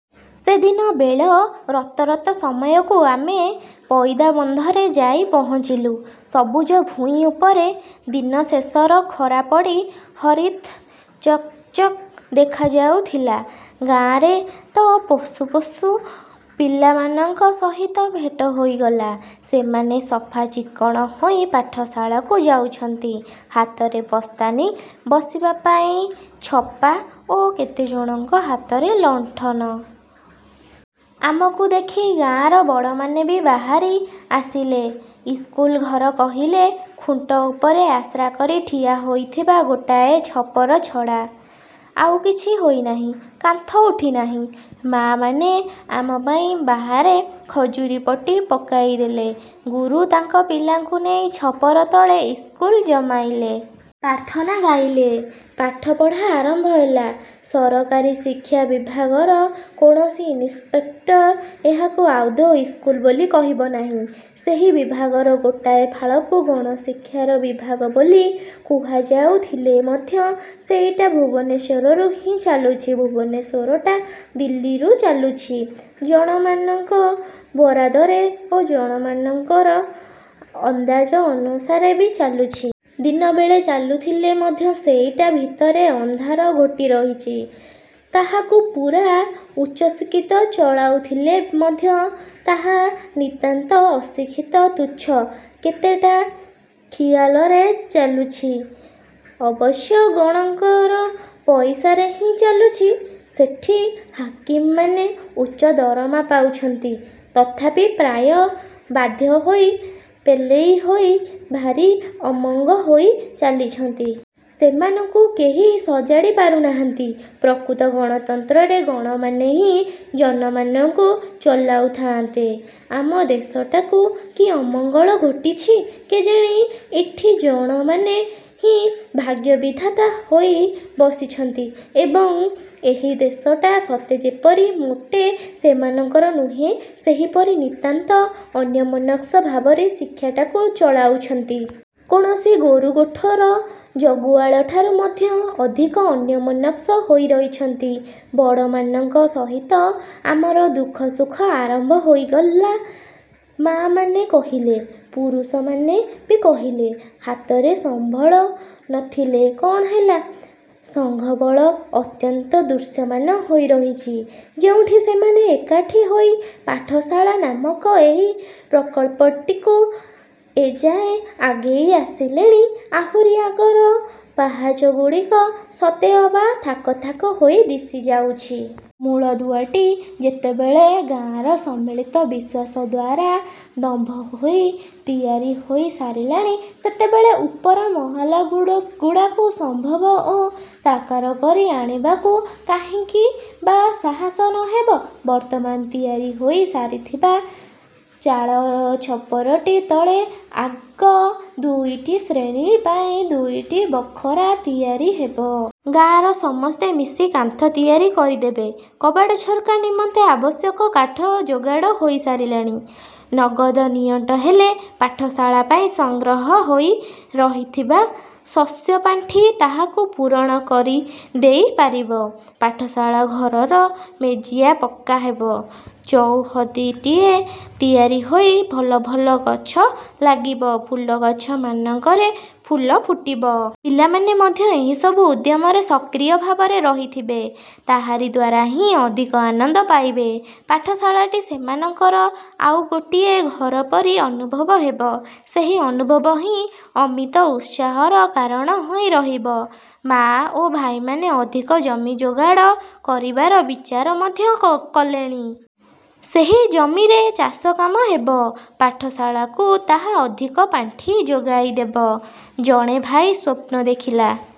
ସେଦିନ ବେଳ ରତ ରତ ସମୟକୁ ଆମେ ପଇଦାବନ୍ଧରେ ଯାଇ ପହଞ୍ଚିଲୁ। ସବୁଜ ଭୂଇଁ ଉପରେ ଦିନଶେଷର ଖରା ପଡ଼ି ହରିତ୍ ଚକ୍ଚକ୍ ଦେଖାଯାଉଥିଲା। ଗାଆଁରେ ତ ପଶୁ ପଶୁ ପିଲାମାନଙ୍କ ସହିତ ଭେଟ ହୋଇଗଲା। ସେମାନେ ସଫା ଚିକ୍କଣ ହୋଇ ପାଠଶାଳାକୁ ଯାଉଥାନ୍ତି-। ହାତରେ ବସ୍ତାନି, ବସିବା ପାଇଁ ଛପା ଓ କେତେଜଣଙ୍କ ହାତରେ ଲଣ୍ଡନ। ଆମକୁ ଦେଖି ଗାଆଁର ବଡ଼ମାନେ ବି ବାହାରି ଆସିଲେ। ଇସ୍କୁଲ ଘର କହିଲେ ଖୁଣ୍ଟ ଉପରେ ଆଶ୍ରାକରି ଠିଆ ହୋଇଥିବା ଗୋଟାଏ ଛପର ଛଡ଼ା ଆଉ କିଛି ହୋଇନାହିଁ। କାନ୍ଥ ଉଠିନାହିଁ। ମାଆମାନେ ଆମ ପାଇଁ ବାହାରେ ଖଜୁରିପଟି ପକାଇଦେଲେ। ଗୁରୁ ତାଙ୍କ ପିଲାଙ୍କୁ ନେଇ ଛପର ତଳେ ଇସ୍କୁଲ ଜମାଇଲେ। ପ୍ରାର୍ଥନା ଗାଇଲେ। ପାଠପଢ଼ା ଆରମ୍ଭ ହେଲା। ସରକାରୀ ଶିକ୍ଷା ବିଭାଗର କୌଣସି ଇନିସ୍ପେକ୍ଟର ଏହାକୁ ଆଦୌ ଇସ୍କୁଲ ବୋଲି କହିବ ନାହିଁ। ସେହି ବିଭାଗର ଗୋଟାଏ ଫାଳକୁ ଗଣଶିକ୍ଷାର ବିଭାଗ ବୋଲି କୁହାଯାଉଥିଲେ ମଧ୍ୟ ସେଇଟା ଭୁବନେଶ୍ୱରରୁ ହିଁ ଚାଲୁଛି। ଭୁବନେଶ୍ୱରଟା ଦିଲ୍ଲୀରୁ ଚାଲୁଛି। ଜଣମାନଙ୍କ ବରାଦରେ ଓ ଜଣମାନଙ୍କର ଅନ୍ଦାଜ ଅନୁସାରେ ବି ଚାଲୁଛି। ଦିନବେଳେ ଚାଲୁଥିଲେ ମଧ୍ୟ ସେଇଟା ଭିତରେ ଅନ୍ଧାର ଘୋଟି ରହିଛି। ତାହାକୁ ପୂରା ଉଚ୍ଚଶିକ୍ଷିତ ଚଳାଉଥିଲେ ମଧ୍ୟ ତାହା ନିତାନ୍ତ ଅଶିକ୍ଷିତ ତୁଚ୍ଛା କେତେଟା ଖିଆଲରେ ଚାଲୁଛି। ଅବଶ୍ୟ ଗଣଙ୍କର ପଇସାରେ ହିଁ ଚାଲୁଛି। ସେଠି ହାକିମମାନେ ଉଚ୍ଚ ଦରମା ପାଉଛନ୍ତି। ତଥାପି ପ୍ରାୟ ବାଧ୍ୟ ହୋଇ ପେଲେଇ ହୋଇ ଭାରି ଅମଙ୍ଗ ହୋଇ ଚାଲିଛନ୍ତି। ସେମାନଙ୍କୁ କେହି ସଜାଡ଼ି ପାରୁନାହାନ୍ତି। ପ୍ରକୃତ ଗଣତନ୍ତ୍ରରେ ଗଣମାନେ ହିଁ ଜଣମାନଙ୍କୁ ଚଲାଉ ଥାଆନ୍ତେ। ଆମ ଦେଶଟାକୁ କି ଅମଙ୍ଗଳ ଘୋଟିଛି କେଜାଣି, ଏଠି ଜଣମାନେ ହିଁ ଭାଗ୍ୟବିଧାତା ହୋଇ ବସିଛନ୍ତି ଏବଂ, ଏହି ଦେଶଟା ସତେ ଯେପରି ମୋଟେ ସେମାନଙ୍କର ନୁହେଁ, ସେହିପରି ନିତାନ୍ତ ଅନ୍ୟମନସ୍କ ଭାବରେ ଶିକ୍ଷାଟାକୁ ଚଳାଉଛନ୍ତି। କୌଣସି ଗୋରୁଗୋଠର ଜଗୁଆଳଠାରୁ ମଧ୍ୟ ଅଧିକ ଅନ୍ୟମନସ୍କ ହୋଇ ରହିଛନ୍ତି। ବଡ଼ମାନଙ୍କ ସହିତ ଆମର ଦୁଃଖ ସୁଖ ଆରମ୍ଭ ହୋଇଗଲା। ମାଆମାନେ କହିଲେ, ପୁରଷମାନେ ବି କହିଲେ। ହାତରେ ସମ୍ବଳ ନଥିଲେ କ'ଣ ହେଲା, ସଂଘବଳ ଅତ୍ୟନ୍ତ ଦୃଶ୍ୟମାନ ହୋଇରହିଛି। ଯେଉଁଠି ସେମାନେ ଏକାଠି ହୋଇ ପାଠଶାଳା ନାମକ ଏହି ପ୍ରକଳ୍ପଟିକୁ ଏଯାଏ ଆଗେଇ ଆଣିଲେଣି, ଆହୁରି ଆଗର ପାହାଚଗୁଡ଼ିକ ସତେଅବା ଥାକ ଥାକ ହୋଇ ଦିଶିଯାଉଛି। ମୂଳଦୁଆଟି ଯେତେବେଳେ ଗାଆଁର ସମ୍ମିଳିତ ବିଶ୍ୱାସ ଦ୍ଵାରା ଦମ୍ଭ ହୋଇ ତିଆରି ହୋଇ ସାରିଲାଣି, ସେତେବେଳେ ଉପର ମହଲାଗୁଡ଼ାକୁ ସମ୍ଭବ ଓ ସାକାର କରି ଆଣିବାକୁ କାହିଁକି ବା ସାହସ ନହେବ? ବର୍ତ୍ତମାନ ତିଆରି ହୋଇ ସାରିଥିବା ଚାଳଛପରଟି ତଳେ ଆଗ ଦୁଇଟି ଶ୍ରେଣୀ ପାଇଁ ଦୁଇଟି ବଖରା ତିଆରି ହେବ। ଗାଆଁର ସମସ୍ତେ ମିଶି କାନ୍ଥ ତିଆରି କରିଦେବେ। କବାଟ ଝରକା ନିମନ୍ତେ ଆବଶ୍ୟକ କାଠ ଯୋଗାଡ଼ ହୋଇ ସାରିଲାଣି। ନଗଦ ନିଅଣ୍ଟ ହେଲେ ପାଠଶାଳା ପାଇଁ ସଂଗ୍ରହ ହୋଇ ରହିଥିବା ଶସ୍ୟପାଣ୍ଠି ତାହାକୁ ପୂରଣ କରିଦେଇ ପାରିବ। ପାଠଶାଳା ଘରର ମେଜିଆ ପକ୍କା ହେବ। ଚଉହଦୀଟିଏ ତିଆରି ହୋଇ ଭଲ ଭଲ ଗଛ ଲାଗିବ, ଫୁଲଗଛ ମାନଙ୍କରେ ଫୁଲ ଫୁଟିବ। ପିଲାମାନେ ମଧ୍ୟ ଏହିସବୁ ଉଦ୍ୟମରେ ସକ୍ରିୟ ଭାବରେ ରହିଥିବେ। ତାହାରି ଦ୍ୱାରା ହିଁ ଅଧିକ ଆନନ୍ଦ ପାଇବେ। ପାଠଶାଳାଟି ସେମାନଙ୍କର ଆଉ ଗୋଟିଏ ଘର ପରି ଅନୁଭବ ହେବ। ସେହି ଅନୁଭବ ହିଁ ଅମିତ ଉତ୍ସାହର କାରଣ ହୋଇ ରହିବ। ମାଆ ଓ ଭାଇମାନେ ଅଧିକ ଜମି ଯୋଗାଡ଼ କରିବାର ବିଚାର ମଧ୍ୟ କଲେଣି। ସେହି ଜମିରେ ଚାଷକାମ ହେବ। ପାଠଶାଳାକୁ ତାହା ଅଧିକ ପାଣ୍ଠି ଯୋଗାଇଦେବ। ଜଣେ ଭାଇ ସ୍ଵପ୍ନ ଦେଖିଲା